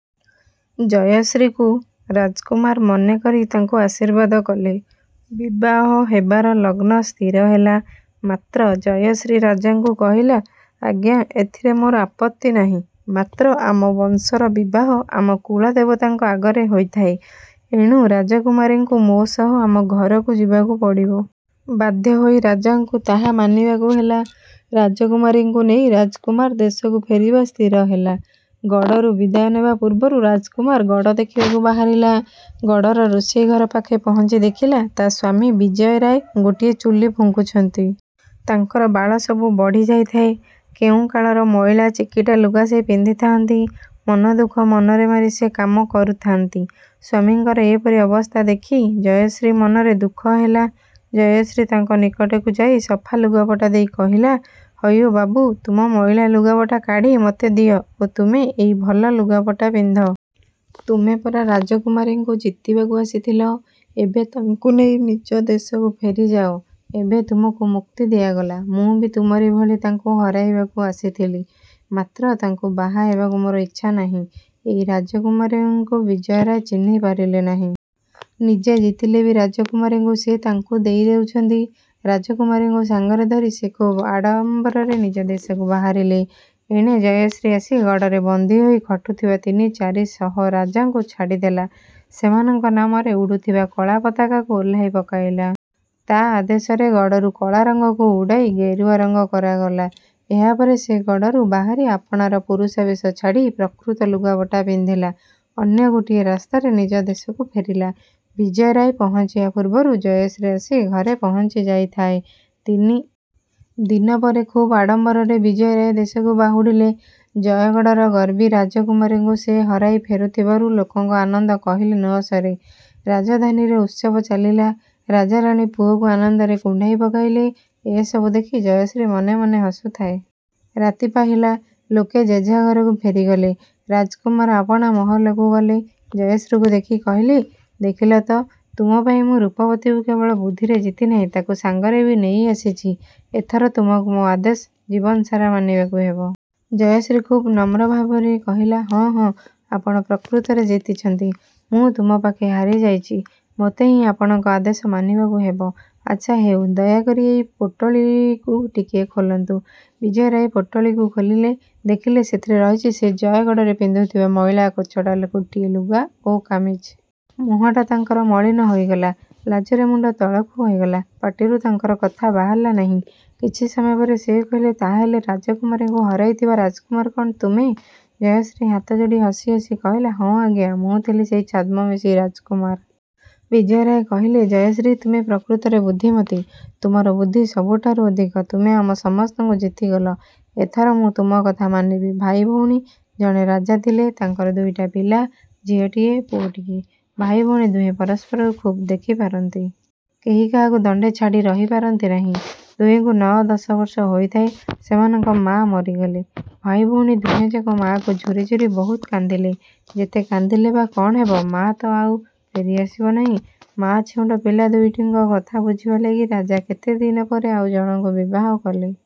ଜୟଶ୍ରୀକୁ ରାଜକୁମାର ମନେ କରି ତାଙ୍କୁ ଆଶୀର୍ବାଦ କଲେ। ବିବାହ ହେବାର ଲଗ୍ନ ସ୍ଥିର ହେଲା। ମାତ୍ର ଜୟଶ୍ରୀ ରାଜାଙ୍କୁ କହିଲା, ଆଜ୍ଞା, ଏଥିରେ ମୋର ଆପତ୍ତି ନାହିଁ, ମାତ୍ର ଆମ ବଂଶର ବିବାହ ଆମ କୁଳଦେବତାଙ୍କ ଆଗରେ ହୋଇଥାଏ। ଏଣୁ ରାଜକୁମାରୀଙ୍କୁ ମୋ ସହ ଆମ ଘରକୁ ଯିବାକୁ ପଡ଼ିବ। ବାଧ୍ୟ ହୋଇ ରାଜାଙ୍କୁ ତାହା ମାନିବାକୁ ହେଲା। ରାଜକୁମାରୀକୁ ନେଇ ରାଜକୁମାର ଦେଶକୁ ଫେରିବା ସ୍ଥିର ହେଲା। ଗଡ଼ରୁ ବିଦାୟ ନେବା ପୂର୍ବରୁ ରାଜକୁମାର ଗଡ଼ ଦେଖିବାକୁ ବାହାରିଲା। ଗଡ଼ର ରୋଷେଇ ଘର ପାଖେ ପହଞ୍ଚି ଦେଖିଲା, ତା ସ୍ୱାମୀ ବିଜୟ ରାୟ ଗୋଟିଏ ଚୁଲି ଫୁଙ୍କୁଛନ୍ତି। ତାଙ୍କର ବାଳ ସବୁ ବଢ଼ି ଯାଇଥାଏ। କେଉଁ କାଳର ମଇଳା, ଚିକିଟା ଲୁଗା ସେ ପିନ୍ଧିଥାନ୍ତି। ମନ ଦୁଃଖ ମନରେ ମାରି ସେ କାମ କରୁଥାନ୍ତି। ସ୍ୱାମୀଙ୍କର ଏପରି ଅବସ୍ଥା ଦେଖି ଜୟଶ୍ରୀ ମନରେ ଦୁଃଖ ହେଲା। ଜୟଶ୍ରୀ ତାଙ୍କ ନିକଟକୁ ଯାଇ ସଫା ଲୁଗାପଟା ଦେଇ କହିଲା, ହଇଓ ବାବୁ, ତୁମ ମଇଳା ଲୁଗାପଟା କାଢ଼ି ମୋତେ ଦିଅ ଓ ତୁମେ ଏଇ ଭଲ ଲୁଗାପଟା ପିନ୍ଧ। ତୁମେ ପରା ରାଜକୁମାରୀକୁ ଜିତିବାକୁ ଆସିଥିଲ? ଏବେ ତାଙ୍କୁ ନେଇ ନିଜ ଦେଶକୁ ଫେରିଯାଅ। ଏବେ ତୁମକୁ ମୁକ୍ତି ଦିଆଗଲା। ମୁଁ ବି ତୁମରି ଭଳି ତାଙ୍କୁ ହରାଇବାକୁ ଆସିଥିଲି, ମାତ୍ର ତାଙ୍କୁ ବାହା ହେବାକୁ ମୋର ଇଚ୍ଛା ନାହିଁ। ଏଇ ରାଜକୁମାରଙ୍କୁ ବିଜୟ ରାୟ ଚିହ୍ନି ପାରିଲେ ନାହିଁ। ନିଜେ ଜିତିଲେ ବି ରାଜକୁମାରୀଙ୍କୁ ସେ ତାଙ୍କୁ ଦେଇଦେଉଛନ୍ତି। ରାଜକୁମାରୀଙ୍କୁ ସାଙ୍ଗରେ ଧରି ସେ ଖୁବ୍ ଆଡ଼ମ୍ବରରେ ନିଜ ଦେଶକୁ ବାହାରିଲେ। ଏଣେ ଜୟଶ୍ରୀ ଆସି ଗଡ଼ରେ ବନ୍ଦୀ ହୋଇ ଖଟୁଥିବା ତିନି ଚାରି ଶହ ରାଜାଙ୍କୁ ଛାଡ଼ିଦେଲା। ସେମାନଙ୍କ ନାମରେ ଉଡ଼ୁଥିବା କଳା ପତାକାକୁ ଓହ୍ଳାଇ ପକାଇଲା। ତା ଆଦେଶରେ ଗଡ଼ରୁ କଳା ରଙ୍ଗକୁ ଉଡ଼ାଇ ଗେରୁଆ ରଙ୍ଗ କରାଗଲା। ଏହା ପରେ ସେ ଗଡ଼ରୁ ବାହାରି ଆପଣାର ପୁରୁଷ ବେଶ ଛାଡ଼ି ପ୍ରକୃତ ଲୁଗାପଟା ପିନ୍ଧିଲା। ଅନ୍ୟ ଗୋଟିଏ ରାସ୍ତାରେ ନିଜ ଦେଶକୁ ଫେରିଲା। ବିଜୟ ରାୟ ପହଞ୍ଚିବା ପୂର୍ବରୁ ଜୟଶ୍ରୀ ଆସି ଘରେ ପହଞ୍ଚି ଯାଇଥାଏ। ତିନି ଦିନ ପରେ ଖୁବ୍ ଆଡ଼ମ୍ବରରେ ବିଜୟ ରାୟ ଦେଶକୁ ବାହୁଡ଼ିଲେ। ଜୟଗଡ଼ର ଗର୍ବୀ ରାଜକୁମାରୀଙ୍କୁ ସେ ହରାଇ ଫେରୁଥିବାରୁ ଲୋକଙ୍କ ଆନନ୍ଦ କହିଲେ ନ ସରେ। ରାଜଧାନୀରେ ଉତ୍ସବ ଚାଲିଲା। ରାଜା ରାଣୀ ପୁଅକୁ ଆନନ୍ଦରେ କୁଣ୍ଢାଇ ପକାଇଲେ। ଏସବୁ ଦେଖି ଜୟଶ୍ରୀ ମନେ ମନେ ହସୁଥାଏ। ରାତି ପାହିଲା। ଲୋକେ ଯେଝା ଘରକୁ ଫେରିଗଲେ। ରାଜକୁମାର ଆପଣା ମହଲକୁ ଗଲେ। ଜୟଶ୍ରୀକୁ ଦେଖି କହିଲେ, ଦେଖିଲ ତ ତୁମ ପାଇଁ ମୁଁ ରୂପବତୀକୁ କେବଳ ବୁଦ୍ଧିରେ ଜିତିନାହିଁ, ତାକୁ ସାଙ୍ଗରେ ବି ନେଇଆସିଛି। ଏଥର ତୁମକୁ ମୋ ଆଦେଶ ଜୀବନ ସାରା ମାନିବାକୁ ହେବ। ଜୟଶ୍ରୀ ଖୁବ୍ ନମ୍ର ଭାବରେ କହିଲା, ହଁ, ହଁ, ଆପଣ ପ୍ରକୃତରେ ଜିତିଛନ୍ତି। ମୁଁ ତୁମ ପାଖେ ହାରିଯାଇଛି। ମୋତେ ହିଁ ଆପଣଙ୍କ ଆଦେଶ ମାନିବାକୁ ହେବ। ଆଚ୍ଛା ହେଉ, ଦୟାକରି ଏଇ ପୋଟଳିକୁ ଟିକିଏ ଖୋଲନ୍ତୁ! ବିଜୟ ରାୟ ପୋଟଳିକୁ ଖୋଲିଲେ। ଦେଖିଲେ, ସେଥିରେ ରହିଛି, ସେ ଜୟଗଡ଼ରେ ପିନ୍ଧୁଥିବା ମଇଳା କୋଚଟ ଗୋଟିଏ ଲୁଗା ଓ କାମିଜ। ମୁହଁଟା ତାଙ୍କର ମଳିନ ହୋଇଗଲା। ଲାଜରେ ମୁଣ୍ଡ ତଳକୁ ହୋଇଗଲା। ପାଟିରୁ ତାଙ୍କର କଥା ବାହାରିଲା ନାହିଁ। କିଛି ସମୟ ପରେ ସେ କହିଲେ, ତାହା ହେଲେ, ରାଜକୁମାରୀକୁ ହରାଇଥିବା ରାଜକୁମାର କ'ଣ ତୁମେ? ଜୟଶ୍ରୀ ହାତ ଯୋଡ଼ି ହସି ହସି କହିଲା, ହଁ ଆଜ୍ଞା, ମୁଁ ଥିଲି ସେଇ ଛଦ୍ମବେଶୀ ରାଜକୁମାର। ବିଜୟ ରାୟ କହିଲେ, ଜୟଶ୍ରୀ, ତୁମେ ପ୍ରକୃତରେ ବୁଦ୍ଧିମତୀ। ତୁମର ବୁଦ୍ଧି ସବୁଠାରୁ ଅଧିକ। ତୁମେ ଆମ ସମସ୍ତଙ୍କୁ ଜିତିଗଲ। ଏଥର ମୁଁ ତୁମ କଥା ମାନିବି। ଭାଇ ଭଉଣୀ। ଜଣେ ରାଜା ଥିଲେ। ତାଙ୍କର ଦୁଇଟି ପିଲା, ଝିଅଟିଏ, ପୁଅଟିଏ। ଭାଇ ଭଉଣୀ ଦୁହେଁ ପରସ୍ପରକୁ ଖୁବ୍ ଦେଖିପାରନ୍ତି। କେହି କାହାକୁ ଦଣ୍ଡେ ଛାଡ଼ି ରହିପାରନ୍ତି ନାହିଁ। ଦୁହିଁଙ୍କୁ ନଅ ଦଶ ବର୍ଷ ହୋଇଥାଏ, ସେମାନଙ୍କ ମାଆ ମରିଗଲେ। ଭାଇ ଭଉଣୀ ଦୁହେଁଯାକ ମାଆକୁ ଝୁରି ଝୁରି ବହୁତ କାନ୍ଦିଲେ। ଯେତେ କାନ୍ଦିଲେ ବା କ'ଣ ହେବ, ମାଆ ତ ଆଉ ଫେରିଆସିବ ନାହିଁ। ମାଆ ଛେଉଣ୍ଡ ପିଲା ଦୁଇଟିଙ୍କ କଥା ବୁଝିବା ଲାଗି ରାଜା କେତେ ଦିନ ପରେ ଆଉ ଜଣଙ୍କୁ ବିବାହ କଲେ।